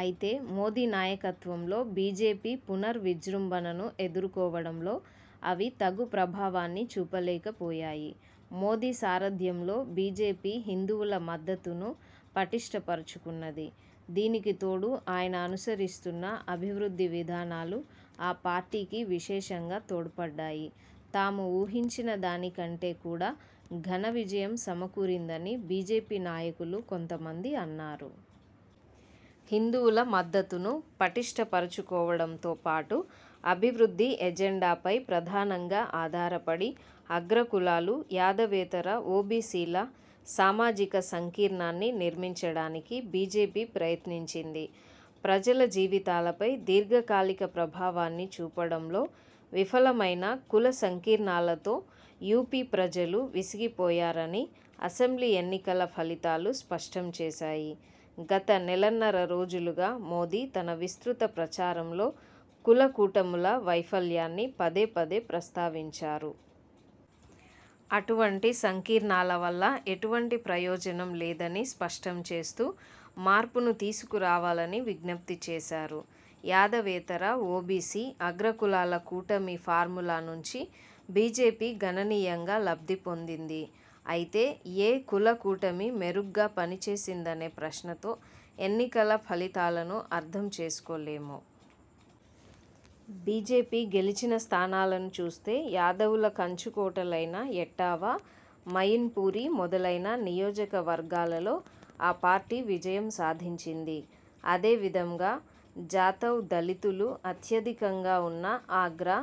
అయితే మోదీ నాయకత్వంలో బీజేపీ పునర్ విజృంభణను ఎదుర్కోవడంలో అవి తగు ప్రభావాన్ని చూపలేకపోయాయి. మోదీ సారథ్యంలో బీజేపీ హిందువుల మద్దతును పటిష్ఠపరచుకున్నది. దీనికి తోడు ఆయన అనుసరిస్తున్న అభివృద్ధి విధానాలు ఆ పార్టీకి విశేషంగా తోడ్పడ్డాయి. తాము ఊహించిన దాని కంటే కూడా ఘన విజయం సమకూరిందని బీజేపీ నాయకులు కొంతమంది అన్నారు. హిందువుల మద్దతును పటిష్ఠపరచుకోవడంతోపాటు అభివృద్ధి ఎజెండాపై ప్రధానంగా ఆధారపడి, 'అగ్రకులాలు', యాదవేతర ఓబీసీల ' సామాజిక సంకీర్ణాన్ని నిర్మించడానికి బీజేపీ ప్రయత్నించింది. ప్రజల జీవితాలపై దీర్ఝకాలిక ప్రభావాన్ని చూపడంలో విఫలమైన కుల సంకీర్ణాలతో యూపీ ప్రజలు విసిగిపోయారని అసెంబ్లీ ఎన్నికల ఫలితాలు స్పష్టం చేశాయి. గత నెలన్నర రోజులుగా మోదీ తన విస్తృత ప్రచారంలో కులకూటముల వైఫల్యాన్ని పదేపదే ప్రస్తావించారు. అటువంటి సంకీర్ణాల వల్ల ఎటువంటి ప్రయోజనం లేదని స్పష్టం చేస్తూ మార్పును తీసుకురావాలని విజ్ఞప్తి చేశారు. యాదవేతర ఓబీసీ – అగ్రకులాల కూటమి ఫార్మ్యూలా నుంచి బీజేపీ గణనీయంగా లబ్ధిపొందింది. అయితే ఏ కుల కూటమి మెరుగ్గా పనిచేసిందనే ప్రశ్నతో ఎన్నికల ఫలితాలను అర్థం చేసుకోలేము. బీజేపీ గెలిచిన స్థానాలను చూస్తే యాదవుల కంచుకోటలైన ఎట్టావా, మయిన్పూరి మొదలైన నియోజక వర్గాలలో ఆ పార్టీ విజయం సాధించింది. అదే విధంగా జాతవ్ దళితులు అత్యధికంగా వున్న ఆగ్రా,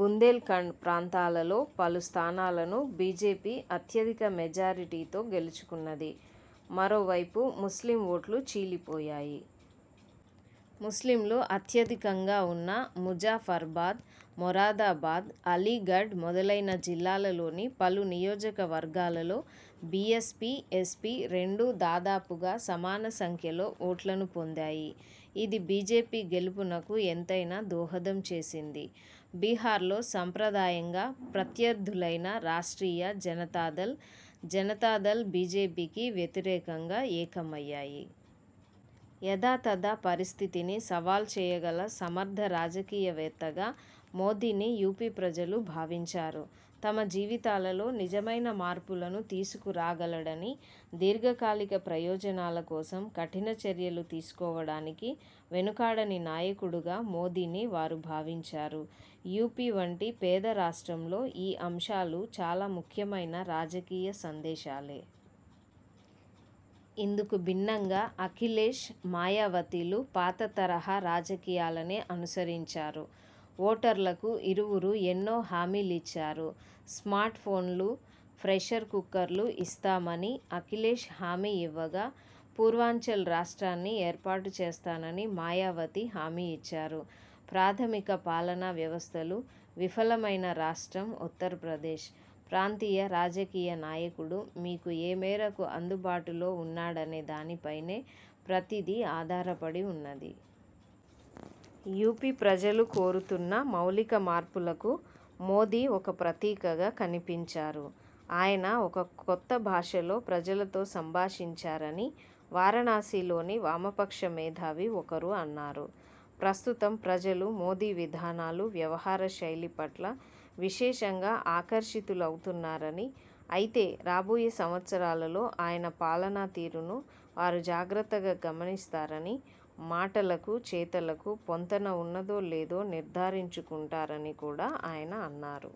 బుందేల్ఖండ్ ప్రాంతాల లో పలు స్థానాలను బీజేపీ అత్యధిక మెజారిటీతో గెలుచుకున్నది. మరోవైపు ముస్లిం ఓట్లు చీలిపోయాయి. ముస్లింలు అత్యధికంగా వున్న ముజాఫర్బాద్, మొరాదాబాద్, అలీఘడ్ మొదలైన జిల్లాలలోని పలు నియోజక వర్గాలలో బిఎస్పీ, ఎస్పీ రెండూ దాదాపుగా సమాన సంఖ్యలో ఓట్లను పొందాయి. ఇది బీజేపీ గెలుపునకు ఎంతైనా దోహదంచేసింది. బిహార్లో సంప్రదాయంగా ప్రత్యర్థులైన రాష్ట్రీయ జనతా దళ్, జనతా దళ్ బీజేపీకి వ్యతిరేకంగా ఏకమయ్యాయి. 'యథాతథ పరిస్థితిని సవాల్ చేయగల సమర్థ రాజకీయ వేత్తగా మోదీని యూపీ ప్రజలు భావించారు. తమ జీవితాలలో నిజమైన మార్పులను తీసుకురాగలడని, దీర్ఘకాలిక ప్రయోజనాల కోసం కఠిన చర్యలు తీసుకోవడానకి వెనుకాడని నాయకుడుగా మోదీని వారు భావించారు. యూపీ లాంటి పేదరాష్ట్రంలో ఈ అంశాలు చాలా ముఖ్యమైన రాజకీయ సందేశాలే. ఇందుకు భిన్నంగా అఖిలేశ్, మయావతిలు పాత తరహా రాజకీయాలనే అనుసరించారు. ఓటర్లకు ఇరువురూ ఎన్నో హామీలిచ్చారు. స్మార్ట్ ఫోన్లు, ప్రెషర్ కుక్కర్లు ఇస్తామని అఖిలేశ్ హామీ ఇవ్వగా పూర్వాంచల్ రాష్ట్రాన్ని ఏర్పాటు చేస్తానని మాయావతి హామీఇచ్చారు. ప్రాథమిక పాలనా వ్యవస్థలు విఫలమైన రాష్ట్రం ఉత్తరప్రదేశ్. ప్రాంతీయ రాజకీయనాయకుడు మీకు ఏ మేరకు అందుబాటులో ఉన్నాడనే దానిపైనే ప్రతిదీ ఆధారపడివున్నది. యూపీ ప్రజలు కోరుతున్న మౌలిక మార్పులకు మోదీ ఒక ప్రతీకగా కనిపించారు. ఆయన ఒక కొత్త భాషలో ప్రజలతో సంభాషించారని' వారణాసిలోని వామపక్ష మేధావి ఒకరు అన్నారు. ప్రస్తుతం ప్రజలు మోదీ విధానాలు, వ్యవహారశైలిపట్ల విశేషంగా ఆకర్షితులవుతున్నారని, అయితే రాబోయే సంవత్సరాలలో ఆయన పాలనాతీరును వారు జాగ్రత్తగా గమనిస్తారని, మాటలకు చేతలకు పొంతన వున్నదో లేదో నిర్ధారించుకుంటారని కూడా ఆయన అన్నారు.